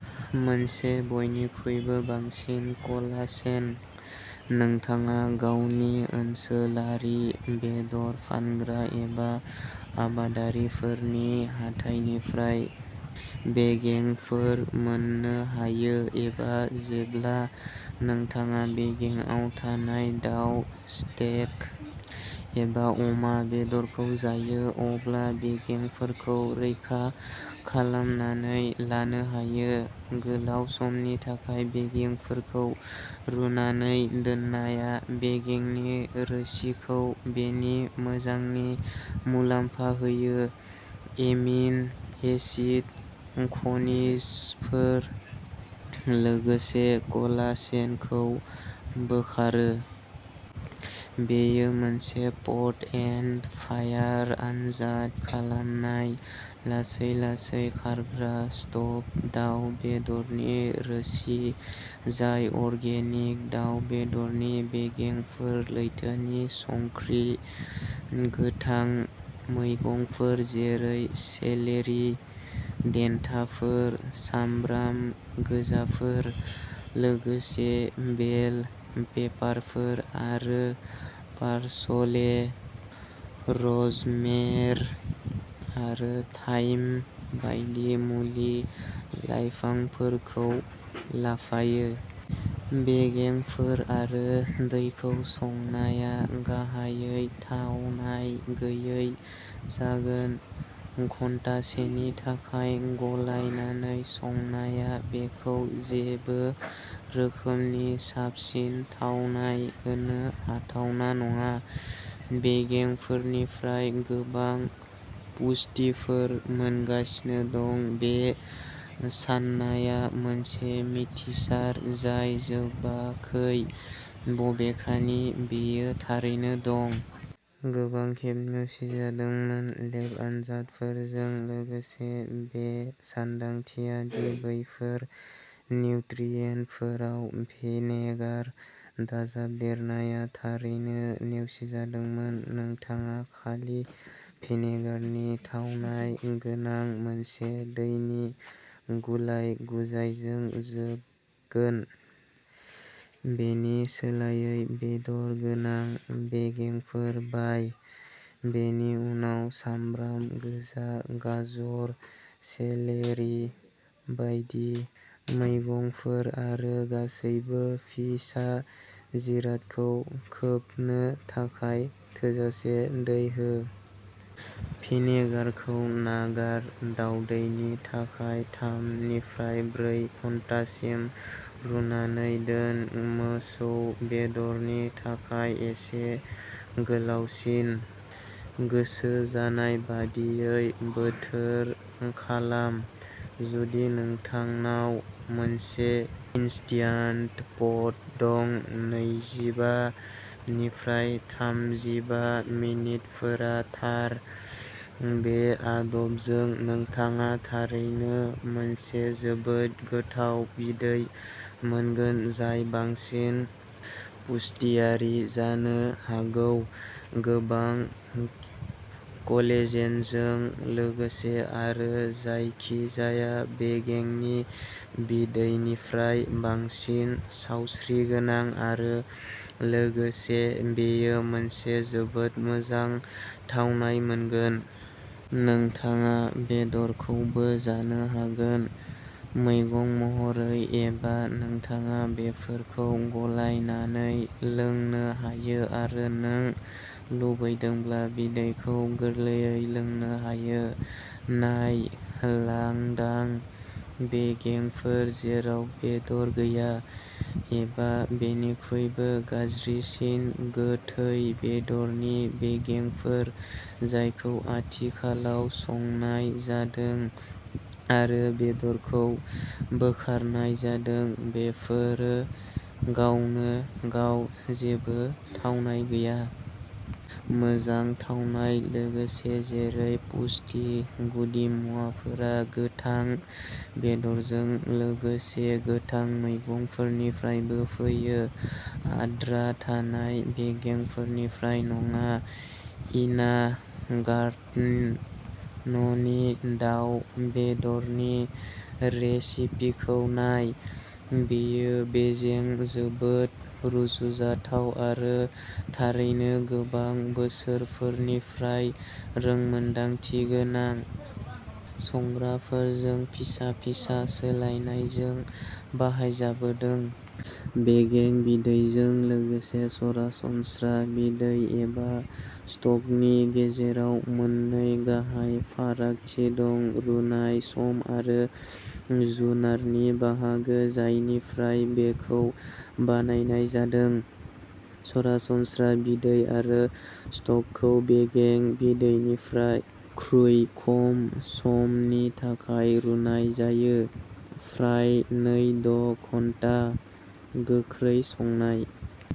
मोनसे बयनिख्रुइबो बांसिन कलाजेन। नोंथाङा गावनि ओनसोलारि बेदर फानग्रा एबा आबादारिफोरनि हाथाइनिफ्राय बेगेंफोर मोननो हायो, एबा जेब्ला नोंथाङा बेगेंआव थानाय दाव, स्टेक, एबा अमा बेदरखौ जायो, अब्ला बेगेंफोरखौ रैखा खालामनानै लानो हायो। गोलाव समनि थाखाय बेगेंफोरखौ रुनानै दोननाया बेगेंनि रोसिखौ बेनि मोजांनि मुलाम्फा होयो, एमिन' एसिड, खनिजफोर, लोगोसे कलाजेनखौ बोखारो। बेयो मोनसे पट एन्ड फायार आनजाद खालामनाय लासै-लासै खारग्रा स्ट'भ दाव बेदरनि रोसि जाय अर्गेनिक दाव बेदरनि बेगेंफोर, लैथोनि संख्रि, गोथां मैगंफोर जेरै सेलेरि देन्थाफोर, सामब्राम गोजाफोर, लोगोसे बेल पेपारफोर, आरो पार्सले, र'जमेर आरो थाइम बायदि मुलि-लाइफांफोरखौ लाफायो। बेगेंफोर आरो दैखौ संनाया गाहायै थावनाय गैयै जागोन। घन्टासेनि थाखाय गलायनानै संनाया बेखौ जेबो रोखोमनि साबसिन थावनाय होनो हाथावना नङा। बेगेंफोरनिफ्राय गोबां पुष्टिफोर मोनगासिनो दं बे साननाया मोनसे मिथिसार जाय जोबाखै, बबेखानि बेयो थारैनो दं। गोबां खेब नेवसिजादोंमोन, लेब आनजादफोरजों लोगोसे। बे सानदांथिया दि बैफोर निउट्रियेन्टफोराव भिनेगार दाजाबदेरनाया थारैनो नेवसिजादोंमोन। नोंथाङा खालि भिनेगारनि थावनाय गोनां मोनसे दैनि गुलाय-गुजायजों जोबगोन। बेनि सोलायै, बेदर गोनां बेगेंफोर बाय। बेनि उनाव सामब्राम गोजा, गाजर, सेलेरि बायदि मैगंफोर आरो गासैबो फिसा जिरादखौ खोबनो थाखाय थोजासे दै हो। भिनेगारखौ नागार दावदैनि थाखाय थाम निफ्राय ब्रै घन्टासिम रुनानै दोन, मोसौ बेदरनि थाखाय एसे गोलावसिन। गोसो जानाय बायदियै बोथोर खालाम। जुदि नोंथांनाव मोनसे इनस्ट्यान्ट पट दं, नैजिबा निफ्राय थामजिबा मिनिटफोरा थार। बे आदबजों नोंथाङा थारैनो मोनसे जोबोद गोथाव बिदै मोनगोन जाय बांसिन पुष्टियारि जानो हागौ गोबां कलेजेनजों लोगोसे आरो जायखिजाया बेगेंनि बिदैनिफ्राय बांसिन सावस्रिगोनां, आरो लोगोसे बेयो मोनसे जोबोद मोजां थावनाय मोनगोन। नोंथाङा बेदरखौबो जानो हागोन। मैगं महरै एबा नोंथाङा बेफोरखौ गलायनानै लोंनो हायो आरो नों लुबैदोंब्ला बिदैखौ गोरलैयै लोंनो हायो। नाय, लांदां बेगेंफोर जेराव बेदर गैया, एबा, बेनिख्रुइबो गाज्रिसिन, गोथै बेदरनि बेगेंफोर जायखौ आथिखालाव संनाय जादों आरो बेदरखौ बोखारनाय जादों, बेफोरो गावनो गाव जेबो थावनाय गैया। मोजां थावनाय लोगोसे जेरै पुष्टि गुदिमुवाफोरा गोथां बेदरजों लोगोसे गोथां मैगंफोरनिफ्रायबो फैयो, आद्रा थानाय बेगेंफोरनिफ्राय नङा। इना गार्टेननि दाव बेदरनि रेसिपिखौ नाय। बेयो बेजों जोबोद रुजुजाथाव आरो थारैनो गोबां बोसोरफोरनिफ्राय रोंमोनदांथिगोनां संग्राफोरजों फिसा-फिसा सोलायनायजों बाहायजाबोदों। बेगें बिदैजों लोगोसे सरासनस्रा बिदै एबा स्टकनि गेजेराव मोननै गाहाय फारागथि दं रुनाय सम आरो जुनारनि बाहागो जायनिफ्राय बेखौ बानायनाय जादों। सरासनस्रा बिदै आरो स्टकखौ बेगें बिदैनिख्रुइ खम समनि थाखाय रुनाय जायो, फ्राय नै द' घन्टा। गोख्रै संनाय।